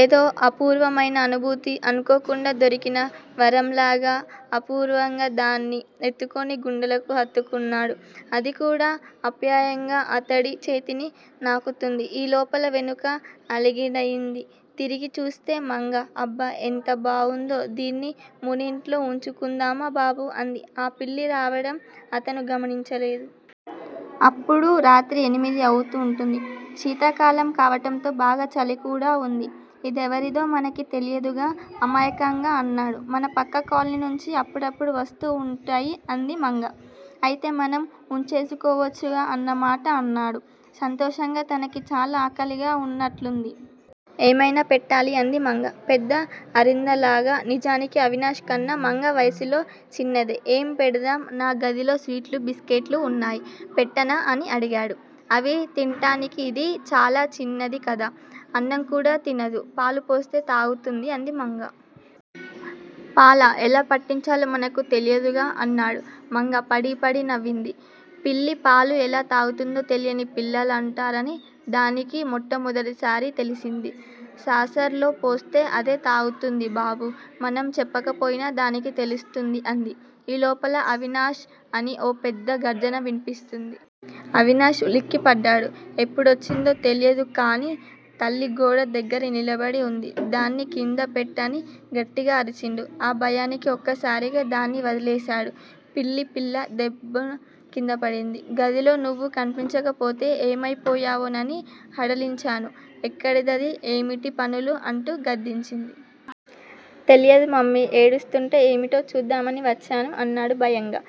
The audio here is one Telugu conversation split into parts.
ఏదో అపూర్వమైన అనుభూతి. అనుకోకుండా దొరికిన వరంలాగా అపురూపంగా దాన్ని ఎత్తుకొని గుండెలకి హత్తుకున్నాడు. అదికూడా ఆప్యాయంగా అతడి చేతిని నాకుతోంది. ఈ లోపల వెనుక అలికిడయింది. తిరిగి చూస్తే మంగ. అబ్బ ఎంత బావుందో, దీన్ని మనింట్లో వుంచుకుందామా బాబూ అంది. ఆ పిల్ల రావడం అతను గమనించలేదు. అప్పుడు రాత్రి ఎనిమిది అయి వుంటుంది. శీతాకాలం కావటంతో బాగా చలికూడా వుంది. ఇదెవరిదో మనకి తెలీదుగా అమాయకంగా అన్నాడు. మన పక్క కాలనీ నుంచి అప్పుడప్పుడు వస్తూ వుంటాయి అంది మంగా. అయితే మనం వుంచేసుకోవచ్చన్నమాట అన్నాడు సంతోషంగా. తనకి చాలా ఆకలిగా వున్నట్లుంది. ఏమైనా పెట్టాలి అంది మంగ పెద్ద ఆరిందలాగ. నిజానికి అవినాష్ కన్నా మంగ వయసులో చిన్నదే. ఏం పెడదాం. నా గదిలో స్వీట్లూ, బిస్కట్లు వున్నాయి పెట్టనా అని అడిగాడు. అవి తింటానికి ఇది చాలా చిన్నదికదా! అన్నంకూడా తినదు. పాలుపోస్తే తాగుతుంది అంది మంగ. పాలా? ఎలా పట్టించాలో మనకు తెలీదుగా! అన్నాడు. మంగ పడీ పడీ నవ్వింది. పిల్లి పాలు ఎలా తాగుతుందో తెలియని పిల్ల లుంటారని దానికి మొట్టమొదటి సారి తెలిసింది. సాసర్ లో పోస్తే అదే తాగుతుంది బాబూ. మనం చెప్పకపోయినా దానికి తెలుస్తుంది అంది. ఈ లోపులో అవినాష్ అని ఓ పెద్ద గర్జన వినిపించింది. అవినాష్ ఉలిక్కిపడ్డాడు. ఎప్పుడొచ్చిందో తెలియదు కాని తల్లి గోడ దగ్గిర నిలబడి వుంది. దాన్ని కిందపెట్టు అని గట్టిగా అరిచింది. ఆ భయానికి ఒక్కసారిగా దాన్ని వదిలేశాడు. పిల్లి పిల్ల దబ్బున కిందపడింది. గదిలో నువ్వు కనిపించకపోతే ఏమైపోయావోనని హడలిచచ్చాను. ఎక్కడిదది? ఏమిటీ పనులు? అంటూ గద్దించింది. తెలీదు మమ్మీ. ఏడుస్తూంటే ఏమిటో చూద్దామని వచ్చాను అన్నాడు భయంగా.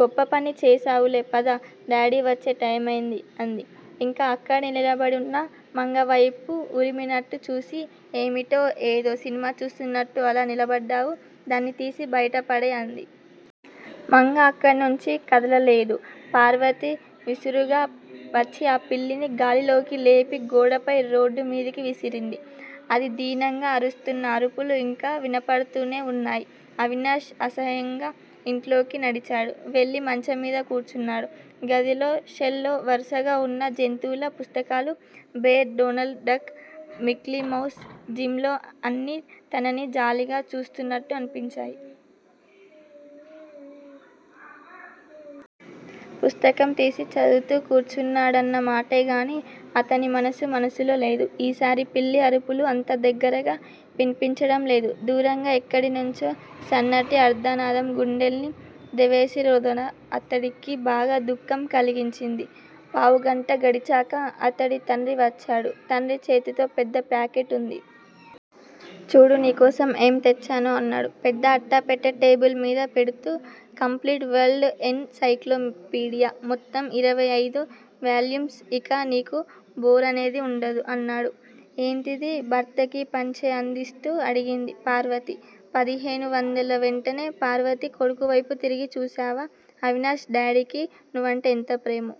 గొప్ప పని చేశావులే పద. డాడీ వచ్చే టైమయ్యింది అంది. ఇంకా అక్కడే నిలబడివున్న మంగవైపు వురిమినట్లు చూసి ఏమిటే, ఏదో సినిమా చూస్తూన్నట్లు అలా నిలబడ్డావు. దాన్ని తీసి బయట పడేయి అంది. మంగ అక్కడనుంచి కదలలేదు. పార్వతి విసురుగా వచ్చి ఆ పిల్లిని గాలిలోకి లేపి గోడపై రోడ్డుమీదకి విసిరేసింది. అది దీనంగా అరుస్తున్న అరుపులు ఇంకా వినపడుతూనే వున్నాయి. అవినాష్ అసహనంగా ఇంట్లోకి నడిచాడు, వెళ్ళి మంచంమీద కూర్చున్నాడు. గదిలో షెల్ఫ్ లో వరుసగా వున్న జంతువుల పుస్తకాలు 'bear', 'Donald Duck' 'Mickey Mouse' 'Jim లో' అన్నీ తనని జాలిగా చూస్తున్నట్లు అనిపించాయి. పుస్తకం తీసి చదువుతూ కూర్చున్నాడన్న మాటేగాని అతని మనసు మనసులో లేదు. ఈసారి పిల్లి అరుపులు అంత దగ్గరగా వినిపించడంలేదు. దూరంగా ఎక్కడినుంచో సన్నటి ఆర్తనాదం, గుండెల్ని దేవేసేరోదన, అతడికి బాగా దుఃఖం కలిగింది. పావుగంట గడిచాక అతని తండ్రి వచ్చాడు. తండ్రి చేతిలో పెద్ద ప్యాకెట్ వుంది. చూడు నీకోసం ఏం తెచ్చానో అన్నాడు. పెద్ద అట్టపెట్టె టేబుల్ మీద పెడుతూ. Complete world encyclopedia. మొత్తం ఇరవై అయిదు వాల్యూమ్స్. ఇక నీకు బోరనేదే వుండదు అన్నాడు. ఎంతిది? భర్తకి పంచె అందిస్తూ అడిగింది పార్వతి. పదిహేను వందలు. వెంటనే పార్వతి కొడుకువైపు తిరిగి చూశావా అవినాష్, డాడీకి నువ్వంటే ఎంత ప్రేమో!